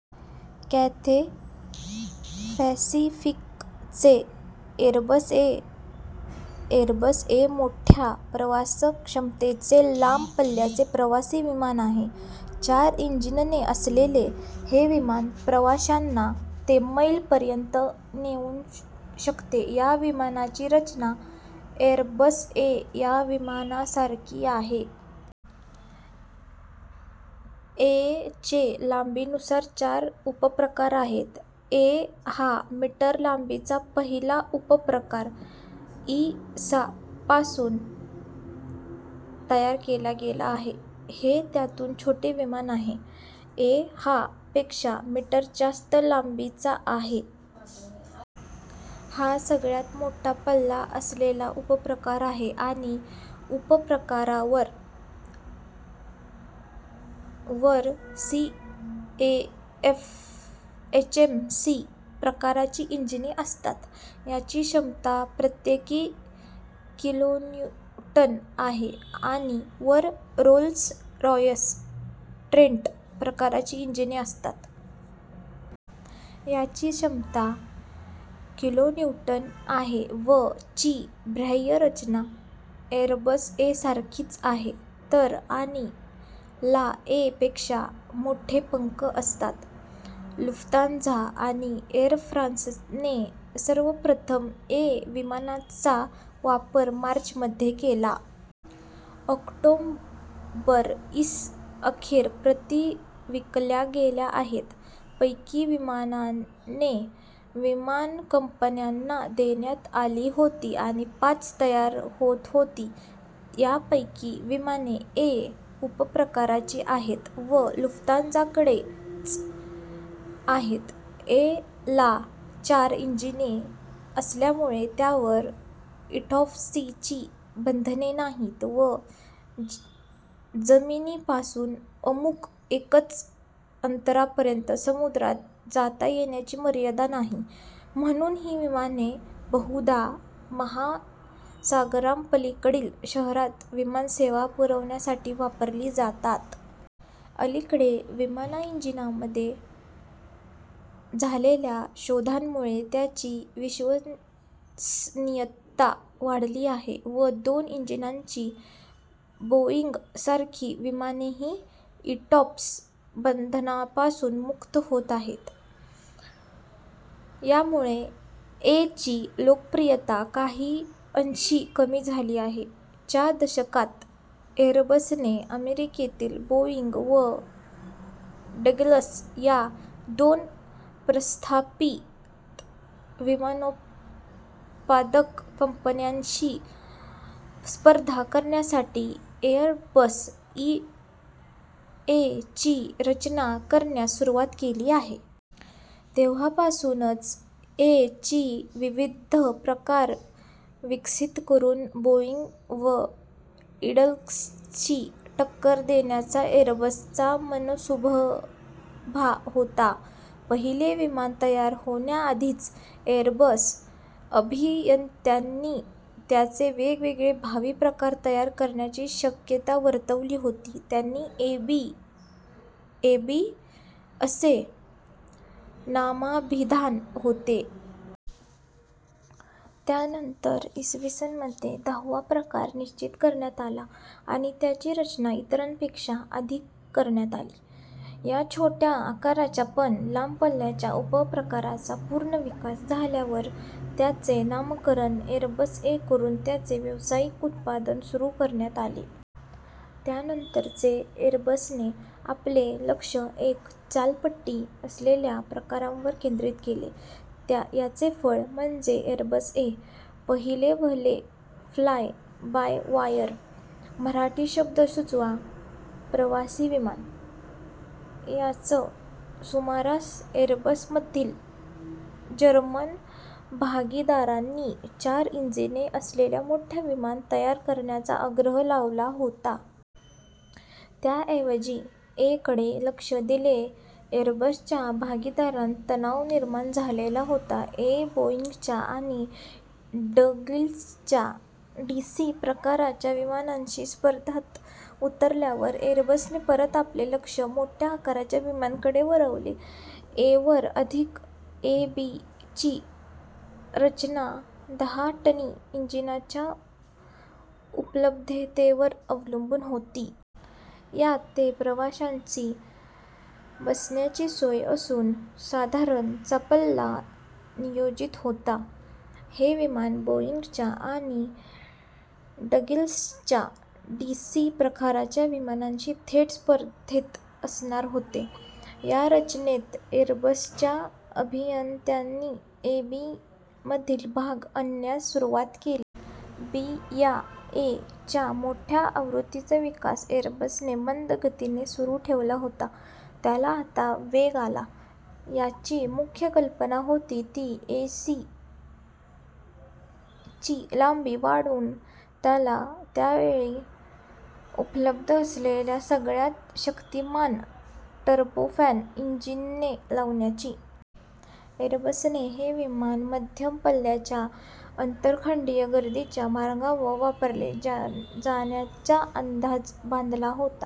Cathay पॅसिफिकचे Airbus A- - Airbus A मोठ्या प्रवासीक्षमतेचे लांब पल्ल्याचे प्रवासी विमान आहे. चार इंजिने असलेले हे विमान ते प्रवाशांना ते मैल पर्यंत नेऊ शकते. या विमानाची रचना एरबस ए- या विमानासारखी आहे. ए चे लांबीनुसार चार उपप्रकार आहेत. ए - हा मीटर लांबीचा पहिला उपप्रकार इ. स. पासून तयार केला गेला. - हे त्याहून छोटे विमान आहे. ए - हा - पेक्षा मीटर जास्त लांबीचा आहे. - हा सगळ्यात मोठा पल्ला असलेला उपप्रकार आहे. - आणि - उपप्रकारांवर वर सीएफएम - सी प्रकारची इंजिने असतात. यांची क्षमता प्रत्येकी किलोन्यूटन आहे. - आणि - वर रोल्स-रॉइस ट्रेंट प्रकारची इंजिने असतात. यांची क्षमता किलोन्यूटन आहे. - व - ची बाह्य रचना एरबस ए- सारखीच आहे तर - आणि - ला ए पेक्षा मोठे पंख असतात. लुफ्तांझा आणि एर फ्रान्सने सर्वप्रथम ए विमानांचा वापर मार्च मध्ये केला. ऑक्टोबर, इ. स. अखेर प्रती विकल्या गेल्या आहेत. पैकी विमाने विमानकंपन्यांना देण्यात आली होती आणि पाच तयार होत होती. यांपैकी विमाने ए - उपप्रकाराची आहेत व लुफ्तांझाकडेच आहेत. ए ला चार इंजिने असल्यामुळे त्यावर इटॉप्सची बंधने नाहीत व जमिनीपासून अमुक एकच अंतरापर्यंत समुद्रात जाता येण्याची मर्यादा नाही, म्हणून ही विमाने बहुधा महासागरांपलीकडील शहरांत विमानसेवा पुरवण्यासाठी वापरली जातात. अलीकडे विमानइंजिनामध्ये झालेल्या शोधांमुळे त्यांची विश्वसनीयता वाढली आहे व दोन इंजिनांची बोईंग सारखी विमानेही इटॉप्स बंधनांपासून मुक्त होत आहेत. यामुळे ए ची लोकप्रियता काही अंशी कमी झाली आहे. च्या दशकात एरबसने अमेरिकेतील बोईंग व डग्लस या दोन प्रस्थापित विमानोत्पादक कंपन्यांशी स्पर्धा करण्यासाठी एर बस ए- ची रचना करण्यास सुरुवात केली. तेव्हापासूनच ए चे विविध प्रकार विकसित करून बोइंग व डग्लसशी टक्कर देण्याचा एरबसचा मनसूबा होता. पहिले विमान तयार होण्याआधीच एरबस अभियंत्यांनी त्याचे वेगवेगळे भावी प्रकार तयार करण्याची शक्यता वर्तवली होती. यांना ए बी -ए बी असे नामाभिधान होते. त्यानंतर इ. स. मध्ये दहावा प्रकार निश्चित करण्यात आला आणि त्याची रचना इतरांपेक्षा आधी करण्यात आली. या छोट्या आकाराच्या पण लांब पल्ल्याच्या उपप्रकाराचा पूर्ण विकास झाल्यावर याचे नामकरण एरबस ए करून त्याचे व्यावसायिक उत्पादन सुरू करण्यात आले. यानंतरचे एरबसने आपले लक्ष एक चालपट्टी असलेल्या प्रकारांवर केंद्रित केले. याचे फळ म्हणजे, एरबस ए, पहिलेवहिले फ्लाय-बाय-वायर मराठी शब्द सुचवा प्रवासी विमान. याच सुमारास एरबसमधील जर्मन भागीदारांनी चार इंजिने असलेले मोठे विमान तयार करण्याचा आग्रह लावला होता. त्याऐवजी ए कडे लक्ष दिल्याने एरबसच्या भागीदारांत तणाव निर्माण झालेला होता. ए बोइंगच्या आणि डग्लसच्या डीसी- प्रकारच्या विमानांशी स्पर्धेत उतरल्यावर एरबसने परत आपले लक्ष मोठ्या आकाराच्या विमानांकडे वळवले. ए वर आधारित ए बी ची रचना दहा टनी इंजिनांच्या उपलब्धतेवर अवलंबून होती. यात ते प्रवाशांची बसण्याची सोय असून साधारण चा पल्ला नियोजित होता. हे विमान बोईंगच्या आणि डग्लसच्या डीसी- प्रकारच्या विमानांशी थेट स्पर्धेत असणार होते. या रचनेत एरबसच्या अभियंत्यांनी ए बी मधील भाग आणण्यास सुरुवात केली. बी या ए च्या मोठ्या आवृत्तीचा विकास एरबसने मंदगतीने सुरू ठेवला होता त्याला आता वेग आला. याची मुख्य कल्पना होती ती ए ची लांबी वाढवून त्याला त्यावेळ उपलब्ध असलेली सगळ्यात शक्तिमान टर्बोफॅन इंजिने लावण्याची. एरबसने हे विमान मध्यम पल्ल्याच्या आंतरखंडीय गर्दीच्या मार्गांवर वापरले जाण्याचा अंदाज बांधला होता.